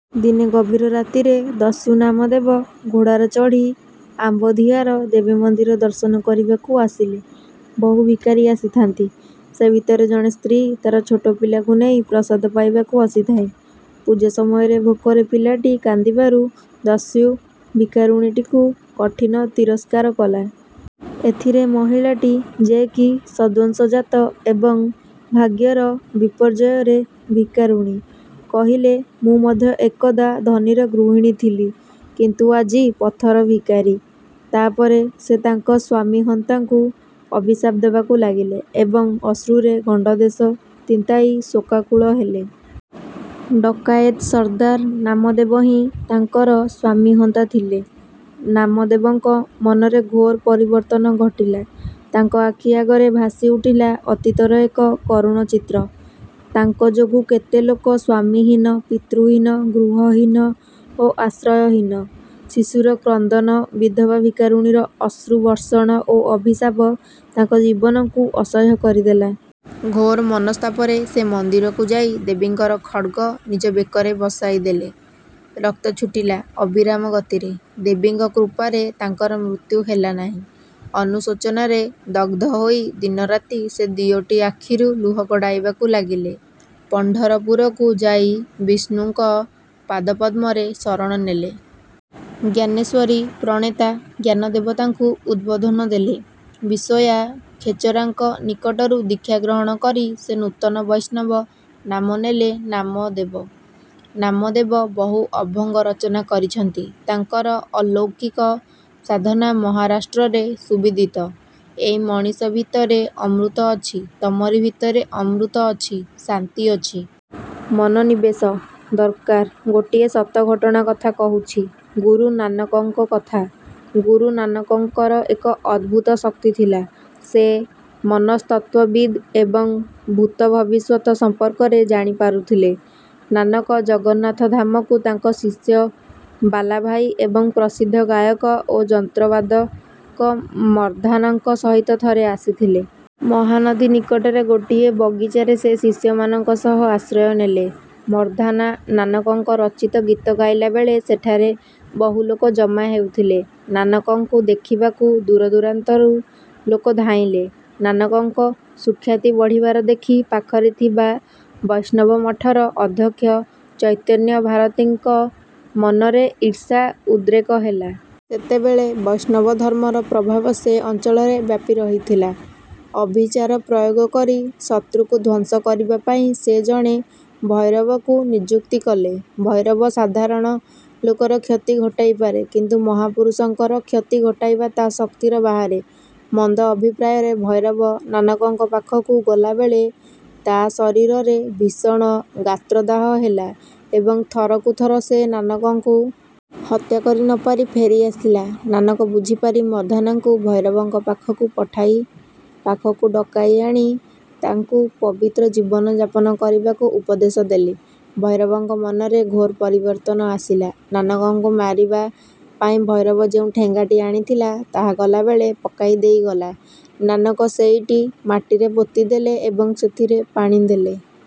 ଦିନେ ଗଭୀର ରାତିରେ ଦସ୍ୟୁ ନାମଦେବ ଘୋଡ଼ାରେ ଚଢ଼ି ଅମ୍ବୋଧିଆର ଦେବୀମନ୍ଦିର ଦର୍ଶନ କରିବାକୁ ଆସିଲେ। ବହୁ ଭିକାରୀ ଆସିଥାନ୍ତି। ସେ ଭିତରେ ଜଣେ ସ୍ତ୍ରୀ ତାର ଛୋଟ ପିଲାକୁ ନେଇ ପ୍ରସାଦ ପାଇବାକୁ ଆସିଥାଏ। ପୂଜା ସମୟରେ ଭୋକରେ ପିଲାଟି କାନ୍ଦିବାରୁ ଦସ୍ୟୁ ଭିକାରୁଣୀଟିକୁ କଠିନ ତିରସ୍କାର କଲା। ଏଥିରେ ମହିଳାଟି, ଯେ କି ସଦ୍ବଂଶଜାତ ଏବଂ ଭାଗ୍ୟର ବିପର୍ଯ୍ୟୟରେ ଭିକାରୁଣୀ, କହିଲେ, ''ମୁଁ ମଧ୍ୟ ଏକଦା ଧନୀର ଗୃହିଣୀ ଥିଲି କିନ୍ତୁ ଆଜି ପଥର ଭିକାରୀ। '' ତା'ପରେ ସେ ତାଙ୍କ ସ୍ୱାମିହନ୍ତାଙ୍କୁ ଅଭିଶାପ ଦେବାକୁ ଲାଗିଲେ ଏବଂ ଅଶ୍ରୁରେ ଗଣ୍ଡଦେଶ ତିନ୍ତାଇ ଶୋକାକୁଳ ହେଲେ। ଡକାଏତ ସର୍ଦ୍ଦାର ନାମଦେବ ହିଁ ତାଙ୍କର ସ୍ୱାମିହନ୍ତା ଥିଲେ। ନାମଦେବଙ୍କ ମନରେ ଘୋର ପରିବର୍ତ୍ତନ ଘଟିଲା। ତାଙ୍କ ଆଖି ଆଗରେ ଭାସିଉଠିଲା ଅତୀତର ଏକ କରୁଣ ଚିତ୍ର। ତାଙ୍କ ଯୋଗୁ କେତେ ଲୋକ ସ୍ୱାମିହୀନ, ପିତୃହୀନ, ଗୃହହୀନ ଓ ଆଶ୍ରୟହୀନ! ଶିଶୁର କ୍ରନ୍ଦନ, ବିଧବା ଭିକାରୁଣୀର ଅଶ୍ରୁବର୍ଷଣ ଓ ଅଭିଶାପ ତାଙ୍କ ଜୀବନକୁ ଅସହ୍ୟ କରିଦେଲା। ଘୋର ମନସ୍ତାପରେ ସେ ମନ୍ଦିରକୁ ଯାଇ ଦେବୀଙ୍କର ଖଡ୍ଗ ନିଜ ବେକରେ ବସାଇଦେଲେ। ରକ୍ତ ଛୁଟିଲା ଅବିରାମ ଗତିରେ। ଦେବୀଙ୍କ କୃପାରେ ତାଙ୍କର ମୃତ୍ୟୁ ହେଲା ନାହିଁ। ଅନୁଶୋଚନାରେ ଦଗ୍ଧ ହୋଇ ଦିନରାତି ସେ ଦିଓଟି ଆଖିରୁ ଲୁହ ଗଡ଼ାଇବାକୁ ଲାଗିଲେ। ପଣ୍ଢରପୁରକୁ ଯାଇ ବିଷ୍ଣୁଙ୍କ ପାଦପଦ୍ମରେ ଶରଣ ନେଲେ। ଜ୍ଞାନେଶ୍ୱରୀ-ପ୍ରଣେତା ଜ୍ଞାନଦେବ ତାଙ୍କୁ ଉଦବୋଧନ ଦେଲେ। ବିଶୋୟା ଖେଚରାଙ୍କ ନିକଟରୁ ଦୀକ୍ଷା ଗ୍ରହଣ କରି ସେ ନୂତନ ବୈଷ୍ଣବ ନାମ ନେଲେ ନାମଦେବ। ନାମଦେବ ବହୁ ଅଭଙ୍ଗ ରଚନା କରିଛନ୍ତି। ତାଙ୍କର ଅଲୌକିକ ସାଧନା ମହାରାଷ୍ଟ୍ରରେ ସୁବିଦିତ। ଏଇ ମଣିଷ ଭିତରେ ଅମୃତ ଅଛି ତମରି ଭିତରେ ଅମୃତ ଅଛି, ଶାନ୍ତି ଅଛି। ମନୋନିବେଶ ଦରକାର। ଗୋଟିଏ ସତ ଘଟଣା କଥା କହୁଛି ଗୁରୁ ନାନକଙ୍କ କଥା। ଗୁରୁ ନାନକଙ୍କର ଏକ ଅଦ୍ଭୁତ ଶକ୍ତି ଥିଲା। ସେ ମନସ୍ତତ୍ତ୍ୱବିଦ୍ ଏବଂ ଭୂତ-ଭବିଷ୍ୟତ ସମ୍ପର୍କରେ ଜାଣି ପାରୁଥିଲେ। ନାନକ ଜଗନ୍ନାଥ ଧାମକୁ ତାଙ୍କ ଶିଷ୍ୟ ବାଲାଭାଇ ଏବଂ ପ୍ରସିଦ୍ଧ ଗାୟକ ଓ ଯନ୍ତ୍ରବାଦକ ମର୍ଦ୍ଦାନାଙ୍କ ସହିତ ଥରେ ଆସିଥିଲେ। ମହାନଦୀ ନିକଟରେ ଗୋଟିଏ ବଗିଚାରେ ସେ ଶିଷ୍ୟମାନଙ୍କ ସହ ଆଶ୍ରୟ ନେଲେ। ମର୍ଦ୍ଦାନା ନାନକଙ୍କ ରଚିତ ଗୀତ ଗାଇଲାବେଳେ ସେଠାରେ ବହୁଲୋକ ଜମା ହେଉଥିଲେ। ନାନକଙ୍କୁ ଦେଖିବାକୁ ଦୂରଦୂରାନ୍ତରୁ ଲୋକ ଧାଇଁଲେ। ନାନକଙ୍କ ସୁଖ୍ୟାତି ବଢ଼ିବାର ଦେଖି ପାଖରେ ଥିବା ବୈଷ୍ଣବମଠର ଅଧ୍ୟକ୍ଷ ଚୈତନ୍ୟଭାରତୀଙ୍କ ମନରେ ଈର୍ଷା-ଉଦ୍ରେକ ହେଲା। ସେତେବେଳେ ବୈଷ୍ଣବ ଧର୍ମର ପ୍ରଭାବ ସେ ଅଞ୍ଚଳରେ ବ୍ୟାପି ରହିଥିଲା-। ଅଭିଚାର ପ୍ରୟୋଗ କରି ଶତ୍ରୁକୁ ଧ୍ୱଂସ କରିବାପାଇଁ ସେ ଜଣେ ଭୈରବକୁ ନିଯୁକ୍ତ କଲେ। ଭୈରବ ସାଧାରଣ ଲୋକର କ୍ଷତି ଘଟାଇପାରେ କିନ୍ତୁ ମହାପୁରୁଷଙ୍କର କ୍ଷତି ଘଟାଇବା ତା' ଶକ୍ତିର ବାହାରେ। ମନ୍ଦ ଅଭିପ୍ରାୟରେ ଭୈରବ ନାନକଙ୍କ ପାଖକୁ ଗଲାବେଳେ ତା' ଶରୀରରେ ଭୀଷଣ ଗାତ୍ରଦାହ ହେଲା ଏବଂ ଥରକୁ ଥର ସେ ନାନକଙ୍କୁ। ହତ୍ୟା କରି ନପାରି ଫେରି ଆସିଲା। ନାନକ ବୁଝିପାରି ମର୍ଦ୍ଦାନାଙ୍କୁ ଭୈରବଙ୍କ ପାଖକୁ ପଠାଇ ପାଖକୁ ଡକାଇ ଆଣି ତାଙ୍କୁ ପବିତ୍ର ଜୀବନ ଯାପନ କରିବାକୁ ଉପଦେଶ ଦେଲେ। ଭୈରବଙ୍କ ମନରେ ଘୋର ପରିବର୍ତ୍ତନ ଆସିଲା। ନାନକଙ୍କୁ ମାରିବା ପାଇଁ ଭୈରବ ଯେଉଁ ଠେଙ୍ଗାଟି ଆଣିଥିଲା, ତାହା ଗଲାବେଳେ ପକାଇ ଦେଇଗଲା। ନାନକ ସେଇଟି ମାଟିରେ ପୋତି ଦେଲେ ଏବଂ ସେଥିରେ ପାଣି ଦେଲେ।